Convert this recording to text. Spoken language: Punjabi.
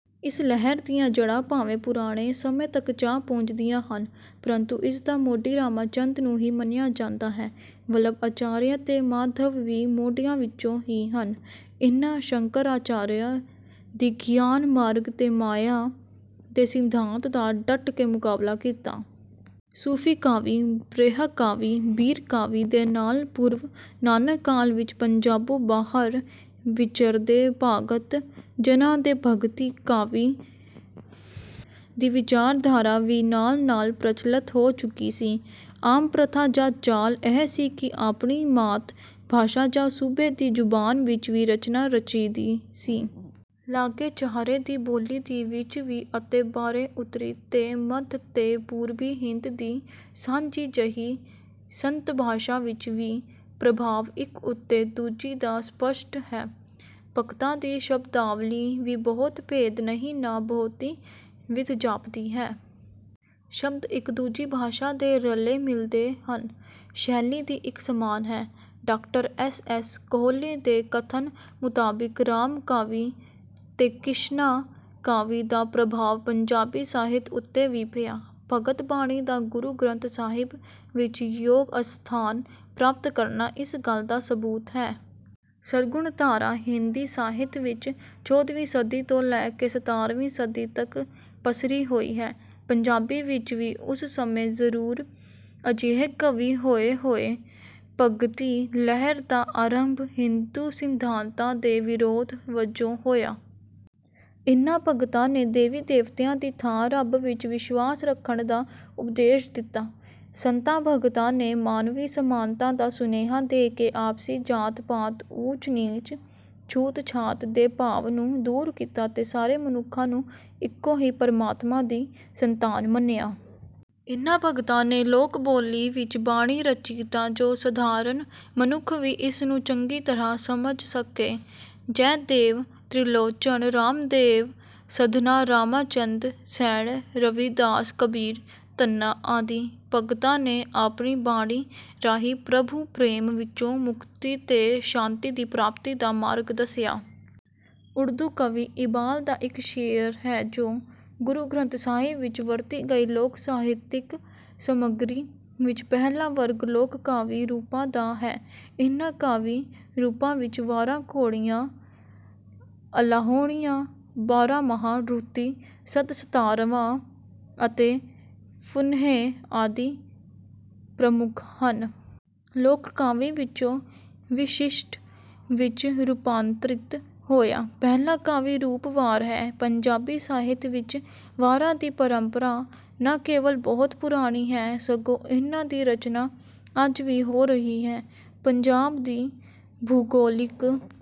ਇਸ ਲਹਿਰ ਦੀਆਂ ਜੜ੍ਹਾਂ ਭਾਵੇਂ ਪੁਰਾਣੇ ਸਮੇਂ ਤੱਕ ਜਾ ਪੁੱਜਦੀਆਂ ਹਨ। ਪ੍ਰੰਤੂ ਇਸ ਦਾ ਮੋਢੀ ਰਾਮਾਚੰਦ ਨੂੰ ਹੀ ਮੰਨਿਆ ਜਾਂਦਾ ਹੈ। ਵਲਭ ਅਚਾਰੀਆ ਤੇ ਮਾਧਵ ਵੀ ਮੋਢੀਆਂ ਵਿੱਚੋਂ ਹੀ ਹਨ। ਇਨ੍ਹਾਂ ਸ਼ੰਕਰਾਚਾਰੀਆ ਦੀ ਗਿਆਨ ਮਾਰਗ ਤੇ ਮਾਇਆ ਦੇ ਸਿਧਾਂਤ ਦਾ ਡੱਟ ਕੇ ਮੁਕਾਬਲਾ ਕੀਤਾ। ਸੂਫੀ ਕਾਵਿ ਬ੍ਰਿਹਾ ਕਾਵਿ ਬੀਰ ਕਾਵਿ ਦੇ ਨਾਲ ਪੂਰਵ ਨਾਨਕ ਕਾਲ ਵਿੱਚ ਪੰਜਾਬੋਂ ਬਾਹਰ ਵਿਚਰਦੇ ਭਾਗਤ ਜਨਾਂ ਦੇ ਭਗਤੀ ਕਾਵਿ ਦੀ ਵਿਚਾਰਧਾਰਾ ਵੀ ਨਾਲ ਨਾਲ ਪ੍ਰਚੱਲਤ ਹੋ ਚੁੱਕੀ ਸੀ। ਆਮ ਪ੍ਰਥਾ ਜਾਂ ਚਾਲ ਇਹ ਸੀ ਕਿ ਆਪਣੀ ਮਾਤ ਭਾਸ਼ਾ ਜਾਂ ਸੂਬੇ ਦੀ ਜ਼ੁਬਾਨ ਵਿੱਚ ਵੀ ਰਚਨਾ ਰਚੀਂਦੀ ਸੀ। ਲਾਗੇ ਚਾਰਹੇ ਦੀ ਬੋਲੀ ਦੀ ਵਿੱਚ ਵੀ ਅਤੇ ਬਾਰੇ ਉੱਤਰੀ ਤੇ ਮੱਧ ਤੇ ਪੂਰਬੀ ਹਿੰਦ ਦੀ ਸਾਂਝੀ ਜਹੀ ਸੰਤ ਭਾਸ਼ਾ ਵਿੱਚ ਵੀ। ਪ੍ਰਭਾਵ ਇੱਕ ਉੱਤੇ ਦੂਜੀ ਦਾ ਸਪੱਸ਼ਟ ਹੈ। ਭਗਤਾਂ ਦੀ ਸ਼ਬਦਾਵਲੀ ਵੀ ਬਹੁਤ ਭੇਤ ਨਹੀਂ ਨਾ ਬਹੁਤੀ ਵਿੱਥ ਜਾਪਦੀ ਹੈ। ਸ਼ਬਦ ਇੱਕ ਦੂਜੀ ਭਾਸ਼ਾ ਦੇ ਰਲੇ ਮਿਲਦੇ ਹਨ। ਸ਼ੈਲੀ ਦੀ ਇੱਕ ਸਮਾਨ ਹੈ। ਡਾਕਟਰ ਐਸ ਐਸ ਕੋਹਲੀ ਦੇ ਕਥਨ ਮੁਤਾਬਿਕ ਰਾਮ ਕਾਵਿ ਤੇ ਕਿਸ਼ਨਾ ਕਾਵਿ ਦਾ ਪ੍ਰਭਾਵ ਪੰਜਾਬੀ ਸਾਹਿਤ ਉੱਤੇ ਵੀ ਪਿਆ। ਭਗਤ ਬਾਣੀ ਦਾ ਗੁਰੂ ਗ੍ਰੰਥ ਸਾਹਿਬ ਵਿੱਚ ਯੋਗ ਅਸਥਾਨ ਪ੍ਰਾਪਤ ਕਰਨਾ ਇਸ ਗੱਲ ਦਾ ਸਬੂਤ ਹੈ। ਸਰਗੁਣ ਧਾਰਾ ਹਿੰਦੀ ਸਾਹਿਤ ਵਿੱਚ ਚੌਧਵੀਂ ਸਦੀ ਤੋਂ ਲੈ ਕੇ ਸਤਾਰਵੀਂ ਸਦੀ ਤੱਕ ਪਸਰੀ ਹੋਈ ਹੈ। ਪੰਜਾਬੀ ਵਿੱਚ ਵੀ ਉਸ ਸਮੇਂ ਜਰੂਰ ਅਜਿਹੇ ਕਵੀ ਹੋਏ ਹੋਣੇ। ਭਗਤੀ ਲਹਿਰ ਦਾ ਆਰੰਭ ਹਿੰਦੂ ਸਿਧਾਂਤਾਂ ਦੇ ਵਿਰੋਧ ਵਜੋਂ ਹੋਇਆ। ਇਹਨਾਂ ਭਗਤਾਂ ਨੇ ਦੇਵੀ ਦੇਵਤਿਆਂ ਦੀ ਥਾਂ ਰੱਬ ਵਿੱਚ ਵਿਸ਼ਵਾਸ ਰੱਖਣ ਦਾ ਉਪਦੇਸ਼ ਦਿੱਤਾ। ਸੰਤਾਂ ਭਗਤਾਂ ਨੇ ਮਾਨਵੀ ਸਮਾਨਤਾ ਦਾ ਸੁਨੇਹਾ ਦੇ ਕੇ ਆਪਸੀ ਜਾਤ ਪਾਤ ਊਚ ਨੀਚ ਛੂਤ ਛਾਤ ਦੇ ਭਾਵ ਨੂੰ ਦੂਰ ਕੀਤਾ ਤੇ ਸਾਰੇ ਮਨੁੱਖਾਂ ਨੂੰ ਇੱਕੋ ਹੀ ਪ੍ਰਮਾਤਮਾ ਦੀ ਸੰਤਾਨ ਮੰਨਿਆ। ਇਹਨਾਂ ਭਗਤਾਂ ਨੇ ਲੋਕ ਬੋਲੀ ਵਿੱਚ ਬਾਣੀ ਰਚੀ ਤਾਂ ਜੋ ਸਧਾਰਨ ਮਨੁੱਖ ਵੀ ਇਸ ਨੂੰ ਚੰਗੀ ਤਰ੍ਹਾਂ ਸਮਝ ਸਕੇ। ਜੈ ਦੇਵ ਤ੍ਰਿਲੋਚਨ ਰਾਮਦੇਵ ਸਧਨਾ ਰਾਮਾਨੰਦ ਸੈਣ ਰਵੀਦਾਸ ਕਬੀਰ ਧੰਨਾ ਆਦਿ ਭਗਤਾਂ ਨੇ ਆਪਣੀ ਬਾਣੀ ਰਾਹੀਂ ਪ੍ਰਭੂ ਪ੍ਰੇਮ ਵਿੱਚੋਂ ਮੁਕਤੀ ਤੇ ਸ਼ਾਂਤੀ ਦੀ ਪ੍ਰਾਪਤੀ ਦਾ ਮਾਰਗ ਦੱਸਿਆ। ਉਰਦੂ ਕਵੀ ਇਬਾਲ ਦਾ ਇੱਕ ਸ਼ੇਅਰ ਹੈ ਜੋ। ਗੁਰੂ ਗ੍ਰੰਥ ਸਾਹਿਬ ਵਿੱਚ ਵਰਤੀ ਗਈ ਲੋਕ ਸਾਹਿਤਿਕ ਸਮੱਗਰੀ ਵਿੱਚ ਪਹਿਲਾ ਵਰਗ ਲੋਕ ਕਾਵਿ ਰੂਪਾਂ ਦਾ ਹੈ। ਇਹਨਾਂ ਕਾਵਿ ਰੂਪਾਂ ਵਿੱਚ ਵਾਰਾਂ ਘੋੜੀਆਂ ਅਲਾਹੁਣੀਆਂ ਬਾਰਾਮਾਹ ਰੁੱਤੀ ਸੱਦ ਸਤਵਾਰਾ ਅਤੇ ਫੁਨਹੇ ਆਦਿ ਪ੍ਰਮੁੱਖ ਹਨ। ਲੋਕ ਕਾਵਿ ਵਿੱਚੋਂ ਵਿਸ਼ਸ਼ਿਟ ਵਿੱਚ ਰੂਪਾਂਤਰਿਤ ਹੋਇਆ ਪਹਿਲਾ ਕਾਵਿ ਰੂਪ ਵਾਰ ਹੈ। ਪੰਜਾਬੀ ਸਾਹਿਤ ਵਿੱਚ ਵਾਰਾਂ ਦੀ ਪਰੰਪਰਾ ਨਾ ਕੇਵਲ ਬਹੁਤ ਪੁਰਾਣੀ ਹੈ ਸਗੋਂ ਇਹਨਾਂ ਦੀ ਰਚਨਾ ਅੱਜ ਵੀ ਹੋ ਰਹੀ ਹੈ। ਪੰਜਾਬ ਦੀ ਭੂਗੋਲਿਕ।